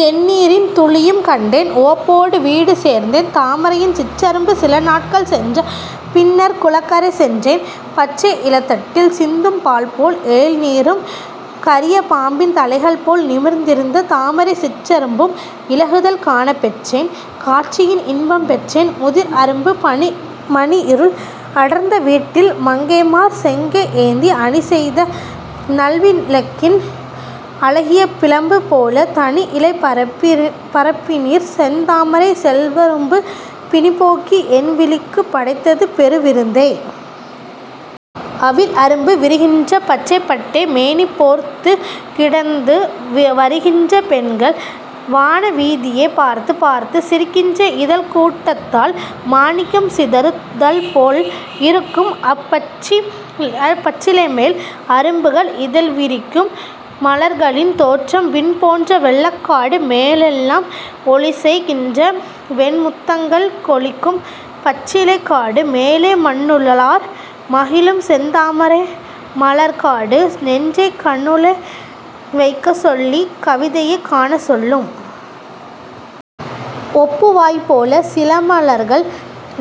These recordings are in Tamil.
தெண்ணீரின் துளியும் கண்டேன் உவப்போடு வீடு சேர்ந்தேன். தாமரையின் சிற்றரும்பு சிலநாட்கள் சென்ற பின்னர்க் குளக்கரை சென்றேன்! பச்சை இலத்தட்டில் சிந்தும் பால்போல் எழில்நீரும், கரிய பாம்பின் தலைகள்போல் நிமிர்ந் திருந்த தாமரைச் சிற்ற ரும்பும் இலகுதல் காணப் பெற்றேன்; காட்சியின் இன்பம் பெற்றேன். முதிர் அரும்பு மணிஇருள் அடர்ந்த வீட்டில் மங்கைமார், செங்கை ஏந்தி, அணிசெய்த நல்வி ளக்கின் அழகிய பிழம்பு போலத் தணிஇலைப் பரப்பி னிற்செந் தாமரைச் செவ்வ ரும்பு பிணிபோக்கி என்வி ழிக்குப் படைத்தது பெருவி ருந்தே! அவிழ் அரும்பு விரிகின்ற பச்சைப் பட்டை மேனிபோர்த் துக் கிடந்து வரிக்கின்ற பெண்கள், வான வீதியைப் பார்த்துப் பார்த்துச் சிரிக்கின்ற இதழ்க்கூட் டத்தால் மாணிக்கம் சிதறு தல்போல் இருக்கும்அப் பச்சி லைமேல் அரும்புகள் இதழ்வி ரிக்கும்! மலர்களின் தோற்றம் விண்போன்ற வெள்ளக் காடு, மேலெலாம் ஒளிசெய் கின்ற வெண்முத்தங் கள்கொழிக்கும் பச்சிலைக் காடு, மேலே மண்ணுளார் மகிழும் செந்தா மரைமலர்க் காடு, நெஞ்சைக் கண்ணுளே வைக்கச் சொல்லிக் கவிதையைக் காணச் சொல்லும். ஒப்பு வாய்போலச் சிலம லர்கள்!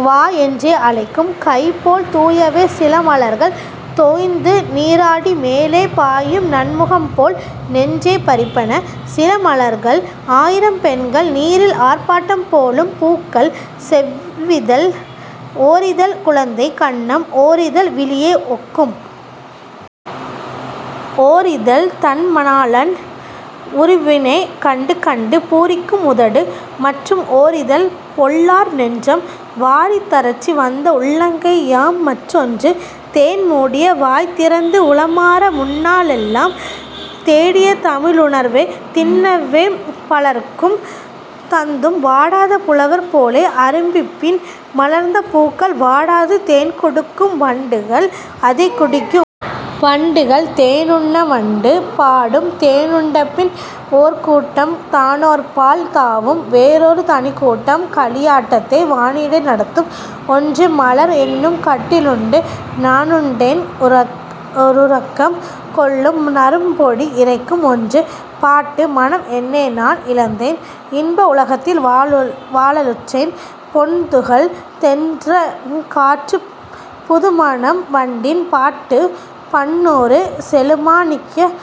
'வா' என்றே அழைக்கும் கைபோல் தூயவை சிலம லர்கள்! தோய்ந்துநீ ராடி மேலே பாயும்நன் முகம்போல் நெஞ்சைப் பறிப்பன சிலம லர்கள்! ஆயிரம் பெண்கள் நீரில் ஆர்ப்பாட்டம் போலும் பூக்கள்! செவ்விதழ் ஓரிதழ் குழந்தை கன்னம்! ஓரிதழ் விழியை ஒக்கும்! ஓரிதழ் தன்ம ணாளன் உருவினைக் கண்டு கண்டு பூரிக்கும் உதடு! மற்றும் ஓரிதழ் பொல்லார் நெஞ்சம்! வாரித் தரச்சி வந்த உள்ளங்கை யாம் மற்றொன்று! தேன் மூடிய வாய்தி றந்து உளமார முன்னா ளெல்லாம் தேடிய தமிழு ணர்வைத் தின்னவே பலர்க்கும் தந்தும் வாடாத புலவர் போலே அரும்பிப்பின் மலர்ந்த பூக்கள் வாடாது தேன்கொ டுக்கும் வண்டுகள் அதைக் குடிக்கும்! வண்டுகள் தேனுண்ண, வண்டு பாடும்! தேனுண்டபின், ஓர் கூட்டம் தானோர்பால் தாவும்! வேறோர் தனிக்கூட்டம் களியாட்டத்தை வானிடை நடத்தும்! ஒன்று மலர் என்னும் கட்டி லுண்டு நானுண்டென் றுறக்கம் கொள்ளும் நறும்பொடி இறைக்கும் ஒன்று. பாட்டு, மணம் என்னைநான் இழந்தேன்; இன்ப உலகத்தில் வாழ லுற்றேன் பொன்துகள், தென்றற் காற்றுப், புதுமணம், வண்டின் பாட்டுப், பன்னூறு செழுமா ணிக்கப்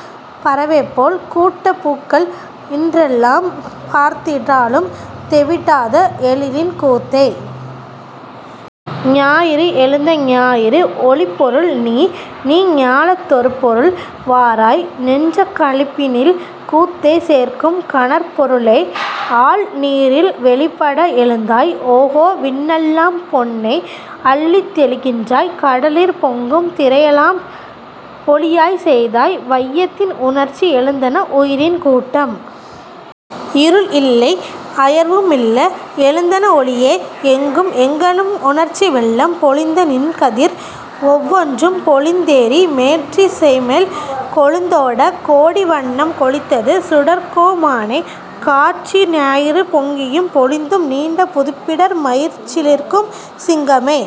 பறவைபோல் கூட்டப் பூக்கள் இன்றெலாம் பார்த்திட் டாலும் தெவிட்டாத எழிலின் கூத்தே!. ஞாயிறு எழுந்த ஞாயிறு ஒளிப்பொருள் நீ! நீ ஞாலத் தொருபொருள், வாராய்! நெஞ்சக் களிப்பினில் கூத்தைச் சேர்க்கும் கனற் பொரு ளே, ஆழ் நீரில் வெளிப்பட எழுந்தாய்; ஓகோ விண்ணெலாம் பொன்னை அள்ளித் தெளிக்கின்றாய்; கடலிற் பொங்கும் திரையெலாம் ஒளியாய்ச் செய்தாய். வையத்தின் உணர்ச்சி எழுந்தன உயிரின் கூட்டம்! இருள் இல்லை அயர்வும் இல்ல! எழுந்தன ஒளியே, எங்கும்! எங்கணும் உணர்ச்சி வெள்ளம் பொழிந்தநின் கதிர் ஒவ் வொன்றும் பொலிந் தேறி, மேற்றி சைமேல் கொழுந்தோடக் கோடி வண்ணம் கொழித்தது சுடர்க்கோ மானே! காட்சி ஞாயிறு பொங்கியும் பொலிந்தும் நீண்ட புதுப்பிடர் மயிர்சி லிர்க்கும் சிங்கமே!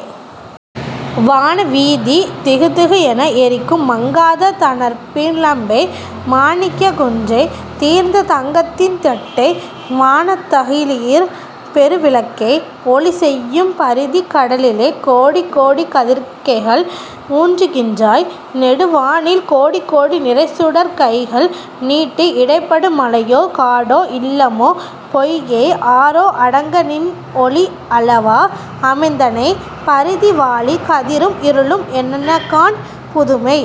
வான வீதி திகு திகு என எரிக்கும் மங்காத தணற்பி ழம்பே! மாணிக்கக் குன்றே! தீர்ந்த தங்கத்தின் தட்டே! வானத் தகளியிற் பெருவிளக்கே! ஒளிசெய்யும் பரிதி கடலிலே கோடி கோடிக் கதிர்க்கைகள் ஊன்றுகின்றாய்! நெடுவானில் கோடி கோடி நிறைசுடர்க் கைகள் நீட்டி இடைப்படு மலையோ காடோ இல்லமோ பொய்கை ஆறோ அடங்கநின் ஒளிஅ ளவா அமைந்தனை! பரிதி வாழி! கதிரும் இருளும் என்னகாண் புதுமை!